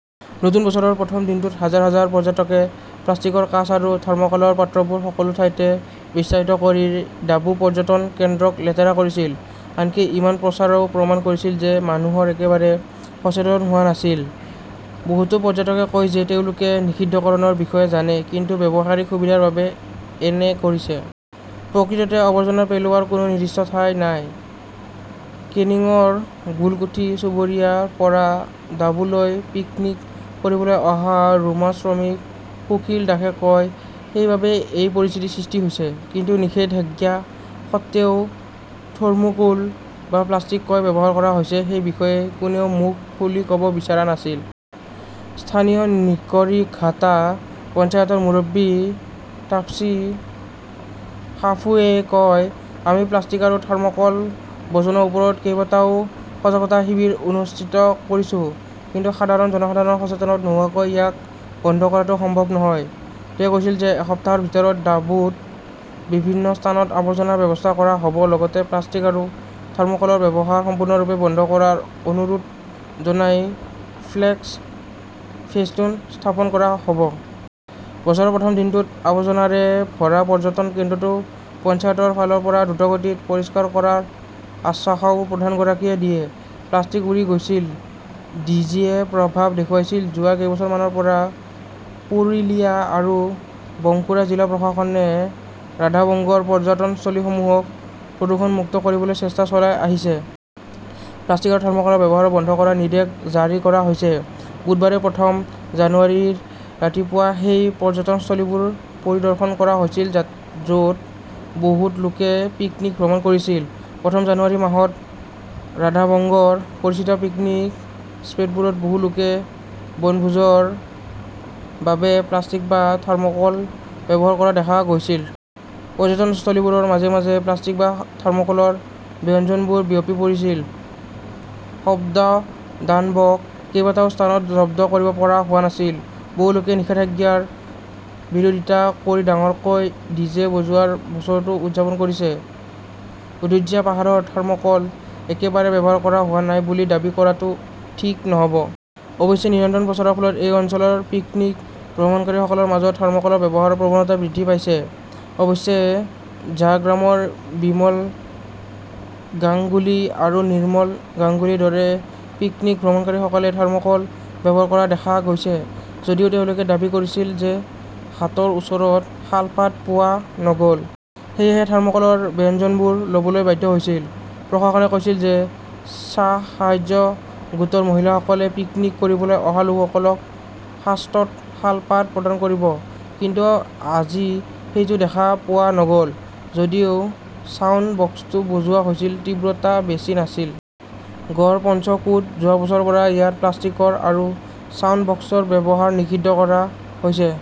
নতুন বছৰৰ প্ৰথম দিনটোত হাজাৰ -হাজাৰ পৰ্যটকে প্লাষ্টিক্সৰ কাঁচ আৰু থাৰ্মকলৰ পাত্ৰবোৰ সকলো ঠাইতে বিস্তাৰিত কৰি ডাবু পৰ্যটন কেন্দ্ৰক লেতেৰা কৰিছিল। আনকি ইমান প্ৰচাৰেও প্ৰমাণ কৰিছিল যে মানুহে একেবাৰে সচেতন হোৱা নাছিল। বহুতো পৰ্যটকে কয় যে তেওঁলোকে নিষিদ্ধকৰণৰ বিষয়ে জানে ,কিন্তু ব্যৱহাৰিক সুবিধাৰ বাবে এনে কৰিছে। প্ৰকৃততে আৱৰ্জনা পেলোৱাৰ কোনো নিৰ্দিষ্ট ঠাই নাই, কেনিংৰ গোলকুঠি চুবুৰীয়াৰ পৰা ডাবুলৈ পিকনিক কৰিবলৈ অহা ৰুমা শ্ৰমিক সুশীল দাসে কয় সেইবাবেই এই পৰিস্থিতিৰ সৃষ্টি হৈছে। কিন্তু নিষেধাজ্ঞা সত্বেও থাৰ্মোকোল বা প্লাষ্টিক কিয় ব্যৱহাৰ কৰা হৈছে সেই বিষয়ে কোনেও মুখ খুলি ক'ব বিচৰা নাছিল। স্থানীয় নিকৰিঘাটা পঞ্চায়তৰ মুৰব্বী তাপ্সী সাঁফুইয়ে কয়, আমি প্লাষ্টিক আৰু থাৰ্মোকল বৰ্জনৰ ওপৰত কেইবাটাও সজাগতা শিবিৰ অনুষ্ঠিত কৰিছো। কিন্তু সাধাৰণ জনসাধাৰণ সচেতন নোহোৱাকৈ ইয়াক বন্ধ কৰাটো সম্ভৱ নহয়। তেওঁ কৈছিল যে এসপ্তাহৰ ভিতৰত ডাবুত বিভিন্ন স্থানত আৱৰ্জনাৰ ব্যৱস্থা কৰা হ'ব লগতে প্লাষ্টিক আৰু থাৰ্মোকোলৰ ব্যৱহাৰ সম্পূৰ্ণৰূপে বন্ধ কৰাৰ অনুৰোধ জনাই ফ্লেক্স, ফেস্টুন স্থাপন কৰা হ'ব। বছৰৰ প্ৰথম দিনটোত আবৰ্জনাৰে ভৰা পৰ্যটন কেন্দ্ৰটো পঞ্চায়তৰ ফালৰ পৰা দ্ৰুতগতিত পৰিষ্কাৰ কৰাৰ আশ্বাসও প্ৰধানগৰাকীয়ে দিয়ে। প্লাষ্টিক উৰি গৈছিল, ডিজেয়ে প্ৰভাৱ দেখুৱাইছিল যোৱা কেইবছৰমানৰ পৰা পুৰুলিয়া আৰু বাংকুৰা জিলা প্ৰশাসনে ৰাধাবাংগৰ পৰ্যটনস্থলীসমূহক প্ৰদূষণমুক্ত কৰিবলৈ চেষ্টা চলাই আহিছে। প্লাষ্টিক আৰু থাৰ্মকলৰ ব্যৱহাৰ বন্ধ কৰাৰ নিৰ্দেশ জাৰি কৰা হৈছে। বুধবাৰে প্ৰথম জানুৱাৰীৰ ৰাতিপুৱা সেই পৰ্যটনস্থলীবোৰ পৰিদৰ্শন কৰা হৈছিল য'ত বহুতো লোকে পিকনীক ভ্ৰমণ কৰিছিল। প্ৰথম জানুৱাৰী মাহত ৰাধবাংগৰ পৰিচিত পিকনিক স্পটবোৰত বহু লোকে বনভোজৰ বাবে প্লাষ্টিক বা থাৰ্মোকোল ব্যৱহাৰ কৰা দেখা গৈছিল। পৰ্যটনস্থলীবোৰৰ মাজে- মাজে প্লাষ্টিক বা থাৰ্মকোলৰ ব্যঞ্জনবোৰ বিয়পি পৰিছিল। শব্দদানৱক কেইবাটাও স্থানত জব্দ কৰিব পৰা হোৱা নাছিল। বহু লোকে নিষেধাজ্ঞাৰ বিৰোধিতা কৰি ডাঙৰকৈ ডিজে বজোৱাৰ বছৰটো উদযাপন কৰিছে। অযোধ্যা পাহাৰৰ থাৰ্মোকল একেবাৰে ব্যৱহাৰ কৰা হোৱা নাই বুলি দাবী কৰাটো ঠিক নহ'ব। অৱশ্যে নিৰন্তৰ প্ৰচাৰৰ ফলত এই অঞ্চলত পিকনীক ভ্ৰমণকাৰীসকলৰ মাজত থাৰ্মোকলৰ ব্যৱহাৰৰ প্ৰৱণতা বৃদ্ধি পাইছে। অৱশ্যে ঝাৰগ্ৰামৰ বিমল গাংগুলী আৰু নিৰ্মল গাংগুলীৰ দৰে পিকনীক ভ্ৰমণকাৰীসকলে থাৰ্মোকোল ব্যৱহাৰ কৰা দেখা গৈছে। যদিও তেওঁলোকে দাবী কৰিছিল যে হাতৰ ওচৰত শালপাত পোৱা নগ'ল। সেয়েহে থাৰ্মোকোলৰ ব্যঞ্জনবোৰ ল'বলৈ বাধ্য হৈছিল। প্ৰশাসনে কৈছিল যে স্ব-সাহায্য গোটৰ মহিলাসকলে পিকনিক কৰিবলৈ অহা লোকসকলক সস্তাত শালপাত প্ৰদান কৰিব, কিন্তু আজি সেইটো দেখা পোৱা নগ'ল। যদিও ছাউণ্ড বক্সটো বজোৱা হৈছিল, তীব্ৰতা বেছি নাছিল। গড় পঞ্চকোট যোৱা বছৰৰ পৰা ইয়াত প্লাষ্টিক আৰু ছাউণ্ড বক্সৰ ব্যৱহাৰ নিষিদ্ধ কৰা হৈছে।